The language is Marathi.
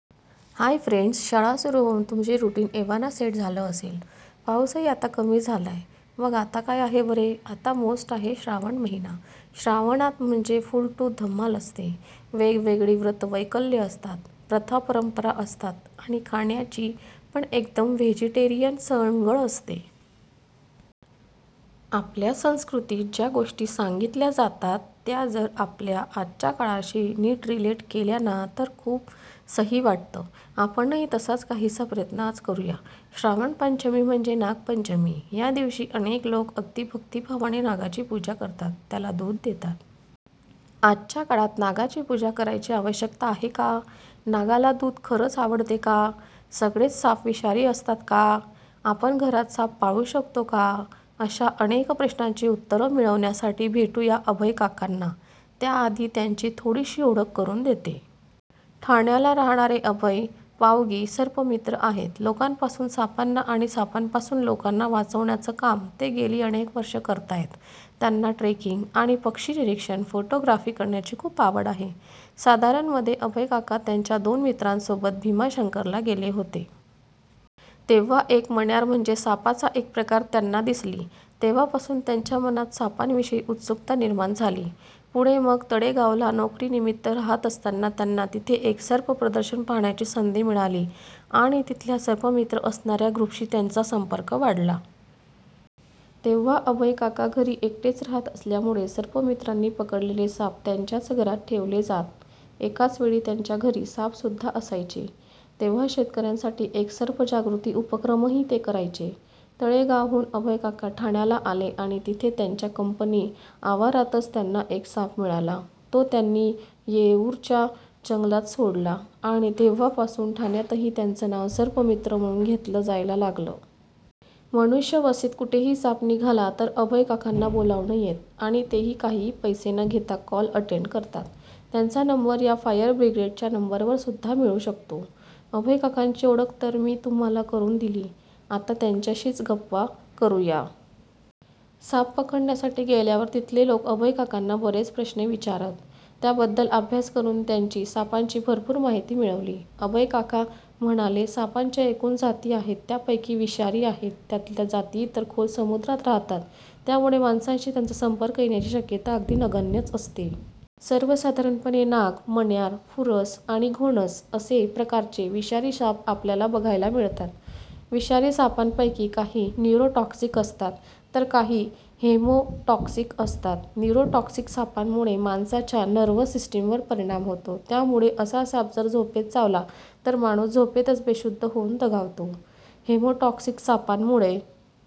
हाय फ्रेंड्स! शाळा सुरु होऊन तुमचं रुटीन एव्हाना सेट झालं असेल. पाऊसही आता कमी झालाय. मग आता काय आहे बरं? आता मोस्ट आहे श्रावण महिना! श्रावणात म्हणजे फुल टू धमाल असते. वेग वेगळी व्रतं वैकल्य असतात, प्रथा परंपरा असतात आणि खाण्याची पण एकदम व्हेजिटेरियन चंगळ असते. आपल्या संस्कृतीत ज्या गोष्टी सांगितल्या जातात त्या जर आपण आजच्या काळाशी नीट रिलेट केल्या ना, तर खूप सही वाटतं. आपणही तसाच काहीसा प्रयत्न आज करूया. श्रावण पंचमी म्हणजे नाग पंचमी. या दिवशी अनेक लोक अगदी भक्तीभावाने नागाची पूजा करतात, त्याला दूध देतात. आजच्या काळात नागाची पूजा करायची आवश्यकता आहे का? नागाला दूध खरंच आवडतं का? सगळेच साप विषारी असतात का? आपण घरात साप पाळू शकतो का? अशा अनेक प्रश्नांची उत्तरं मिळवण्यासाठी भेटूया अभय काकांना. त्या आधी त्यांची थोडीशी ओळख करून देते. ठाण्याला राहणारे अभय पावगी सर्पमित्र आहेत. लोकांपासून सापांना आणि सापांपासून लोकांना वाचवण्याचं काम ते गेली अनेक वर्षं करतायत. त्यांना ट्रेकिंग, आणि पक्षी -निरीक्षण, फोटोग्राफी करण्याची खूप आवड आहे. साधारण मध्ये अभयकाका त्यांच्या दोन मित्रांसोबत भीमाशंकरला गेले होते. तेव्हा एक मण्यार म्हणजे सापाचा एक प्रकार त्यांना दिसली. तेव्हापासून त्यांच्या मनात सापां विषयी उत्सुकता निर्माण झाली. पुढे मग तळेगावला नोकरी निमित्त राहत असताना त्यांना तिथे एक सर्प प्रदर्शन पाहण्याची संधी मिळाली आणि तिथल्या सर्पमित्र असणाऱ्या ग्रुपशी त्यांचा संपर्क वाढला. तेव्हा अभय काका घरी एकटेच राहत असल्यामुळे सर्पमित्रांनी पकडलेले साप त्यांच्याच घरात ठेवले जात. एकाच वेळी त्यांच्या घरी साप सुद्धा असायचे! तेव्हा शेतकऱ्यांसाठी एक सर्प जागृती उपक्रमही ते करयचे. तळेगावहून अभयकाका ठाण्याला आले आणि तिथे त्यांच्या कंपनीच्या आवारातच त्यांना एक साप मिळाला, तो त्यांनी येऊरच्या जंगलात सोडला आणि तेव्हा पासून ठाण्यातही त्यांचं नाव सर्पमित्र म्हणून घेतलं जायला लागलं. मनुष्य वस्तीत कुठेही साप निघाला तर अभय काकांना बोलावणं येतं आणि तेही काहीही पैसे न घेता कॉल अटेंड करतात. त्यांचा नंबर या फायर ब्रिगेडच्या नंबरवर सुद्धा मिळू शकतो. अभय काकांची ओळख तर मी तुम्हाला करून दिली, आता त्यांच्याशीच गप्पा करूया. साप पकडण्यासाठी गेल्यावर तिथले लोक अभयकाकांना बरेच प्रश्न विचारात. त्याबद्दल अभ्यास करून त्यांनी सापांची भरपूर माहिती मिळवली. अभयकाका म्हणाले, सापांच्या एकूण जाती आहेत. त्यापैकी विषारी आहेत. त्यातल्या जाती तर खोल समुद्रात राहतात. त्यामुळे माणसांशी त्यांचा संपर्क येण्याची शक्यता अगदीच नगण्य असते. सर्वसाधारणपणे नाग, मण्यार, फुरसं आणि घोणस असे प्रकारचे विषारी साप आपल्याला बघायला मिळतात. विषारी सापांपैकी काही न्युरो टॉक्सिक असतात तर काही हेमो टॉक्सिक असतात. न्युरो टॉक्सिक सापांमुळे माणसाच्या नर्व्हस सिस्टीमवर परिणाम होतो. त्यामुळे असा साप जर झोपेत चावला तर माणूस झोपेतच बेशुद्ध होऊन दगावतो. Haemo toxic सापांमुळे